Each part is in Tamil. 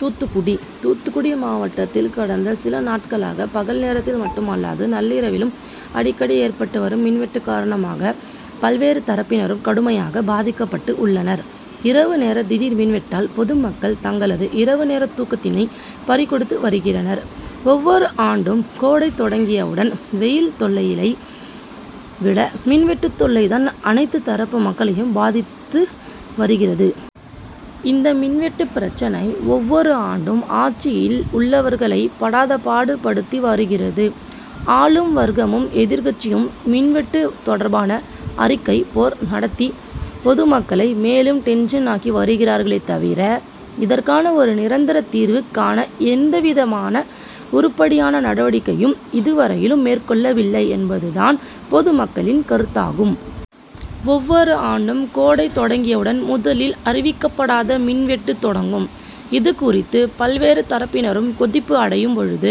தூத்துக்குடி தூத்துக்குடி மாவட்டத்தில் கடந்த சில நாட்களாக பகல் நேரத்தில் மட்டுமல்லாது நள்ளிரவிலும் அடிக்கடி ஏற்பட்டு வரும் மின்வெட்டு காரணமாக பல்வேறு தரப்பினரும் கடுமையாக பாதிக்கப்பட்டு உள்ளனர். இரவு நேர திடீர் மின்வெட்டினால் பொதுமக்கள் தங்களது இரவு நேர தூக்கத்தினை பறிகொடுத்து வருகின்றனர். ஒவ்வொரு ஆண்டும் கோடை தொடங்கியுடன் வெயில் தொல்லையை விட மின்வெட்டு தொல்லைதான் அனைத்து தரப்பு மக்களையும் பாதித்து வருகிறது. இந்த மின்வெட்டு பிரச்னை ஒவ்வொரு ஆண்டும் ஆட்சியில் உள்ளவர்களை படாதபாடு படுத்தி வருகிறது. ஆளும் வர்க்கமும் எதிர்கட்சியும் மின்வெட்டு தொடர்பாக அறிக்கை போர் நடத்தி பொதுமக்களை மேலும் டென்சன் ஆக்கி வருகிறார்களே தவிர இதற்காக ஒரு நிரந்தர தீர்வு காண எந்தவிதமான உருப்படியான நடவடிக்கையையும் இதுவரையிலும் மேற்கொள்ளவில்லை என்பது தான் பொதுமக்களின் கருத்தாகும். ஒவ்வொரு ஆண்டும் கோடை தொடங்கியவுடன் முதலில் அறிவிக்கப்படாத மின்வெட்டு தொடங்கும். இது குறித்து பல்வேறு தரப்பினரும் கொதிப்பு அடையும் போது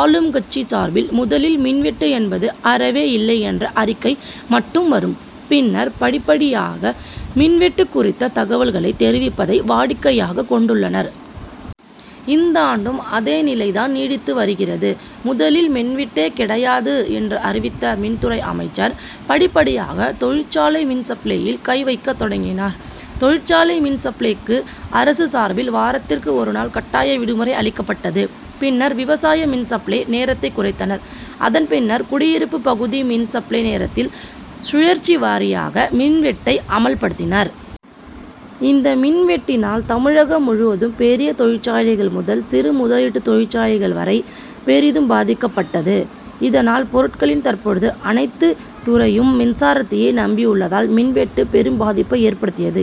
ஆளும்கட்சி சார்பில் முதலில் மின்வெட்டு என்பது அறவே இல்லை என்ற அறிக்கை மட்டும் வரும். பின்னர் படிப்படியாக மின்வெட்டு குறித்த தகவல்களை தெரிவிப்பதை வாடிக்கையாக கொண்டுள்ளனர். இந்தாண்டும் அதே நிலை தான் நீடித்து வருகிறது. முதலில் மின்வெட்டே கிடையாது என்று அறிவித்த மின்துறை அமைச்சர் படிப்படியாக தொழிற்சாலை மின்சப்ளையில் கைவைக்கத் தொடங்கினர். தொழிற்சாலை மின்சப்ளைக்கு அரசு சார்பில் வாரத்திற்கு ஒருநாள் கட்டாய விடுமுறை அளிக்கப்பட்டது. பின்னர் விவசாய மின்சப்ளை நேரத்தை குறைத்தனர். அதன்பின்னர் குடியிருப்பு பகுதி மின்சப்ளை நேரத்தில் சுழற்சிவாரியாக மின்வெட்டை அமல்படுத்தினர். இந்த மின்வெட்டினால் தமிழகம் முழுவதும் பெரிய தொழிற்சாலைகள் முதல் சிறுமுதலீட்டு தொழிற்சாலைகள் வரை பெரிதும் பாதிக்கப்பட்டது. இதனால் பொருட்களின் தற்போது அனைத்து துறையும் மின்சாரத்தையே நம்பி உள்ளதால் மின்வெட்டு பெரும்பாதிப்பை ஏற்படுத்தியது.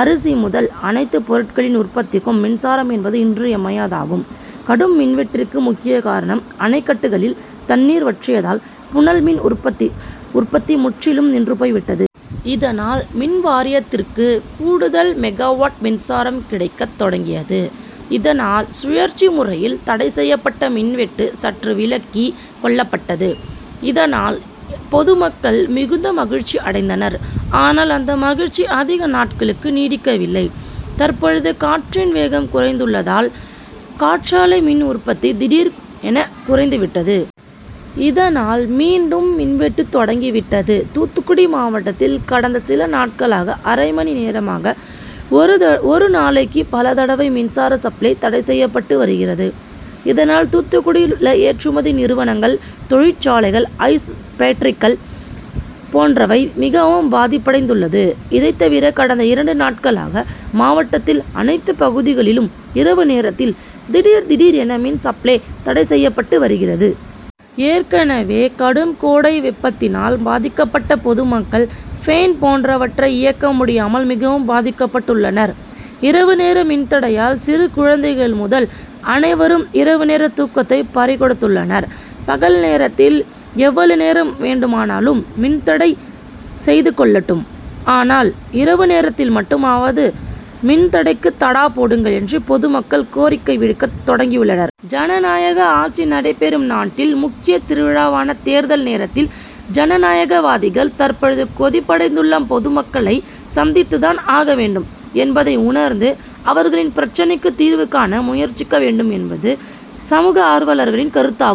அரிசி முதல் அனைத்து பொருட்களின் உற்பத்திக்கும் மின்சாரம் என்பது இன்றியமையாததாகும். கடும் மின்வெட்டிற்கு முக்கிய காரணம் அணைகட்டுகளில் தண்ணீர் வற்றியதால் புனல்மின் உற்பத்தி முற்றிலும் நின்றுபோய்விட்டது. இதனால் மின்வாரியத்திற்கு கூடுதல் மெகாவாட் மின்சாரம் கிடைக்கத் தொடங்கியது. இதனால் சுழற்சி முறையில் தடைசெய்யப்பட்ட மின்வெட்டு சற்று விலக்கி கொள்ளப்பட்டது. இதனால் பொதுமக்கள் மிகுந்த மகிழ்ச்சி அடைந்தனர். ஆனால் அந்த மகிழ்ச்சி அதிக நாட்களுக்கு நீடிக்கவில்லை. தற்போது காற்றின் வேகம் குறைந்துள்ளதால் காற்றாலை மின் உற்பத்தி திடீரென குறைந்துவிட்டது. இதனால் மீண்டும் மின்வெட்டு தொடங்கிவிட்டது. தூத்துக்குடி மாவட்டத்தில் கடந்த சில நாட்களாக அரைமணி நேரமாக ஒரு நாளைக்கு பலதடவை மின்சார சப்ளை தடை செய்யப்பட்டு வருகிறது. இதனால் தூத்துக்குடியில் உள்ள ஏற்றுமதி நிறுவனங்கள் தொழிற்சாலைகள் ஐஸ் பேக்டரிகள் போன்றவை மிகவும் பாதிப்படைந்துள்ளது. இதுதவிர கடந்த இரண்டு நாட்களாக மாவட்டத்தின் அனைத்து பகுதிகளிலும் இரவு நேரத்தில் திடீர் திடீர் என மின்சப்ளை தடை செய்யப்பட்டு வருகிறது. ஏற்கனவே கடும்கோடை வெப்பத்தினால் பாதிக்கப்பட்ட பொதுமக்கள் பேன் போன்றவற்றை இயக்க முடியாமல் மிகவும் பாதிக்கப்பட்டுள்ளனர். இரவு நேர மின்தடையால் சிறு குழந்தைகள் முதல் அனைவரும் இரவு நேர தூக்கத்தை பறிகொடுத்துள்ளனர். பகல் நேரத்தில் எவ்வளவு நேரம் வேண்டுமானாலும் மின்தடை செய்து கொள்ளட்டும் ஆனால் இரவு நேரத்தில் மட்டுமாவது மின்தடைக்கு தடா போடுங்கள் என்று பொதுமக்கள் கோரிக்கை விடுக்க தொடங்கியுள்ளனர். ஜனநாயக ஆட்சிநடைபெறும் நாட்டில் முக்கிய திருவிழாவான தேர்தல் நேரத்தில் ஜனநாயகவாதிகள் தற்போது கொதிப்படைந்துள்ள பொதுமக்களை சந்தித்துதான் ஆக வேண்டும் என்பதை உணர்ந்து அவர்களின் பிரச்னைக்கு தீர்வுகாண முயற்சிக்க வேண்டும் என்பது சமூக ஆர்வலர்களின் கருத்தாகும்.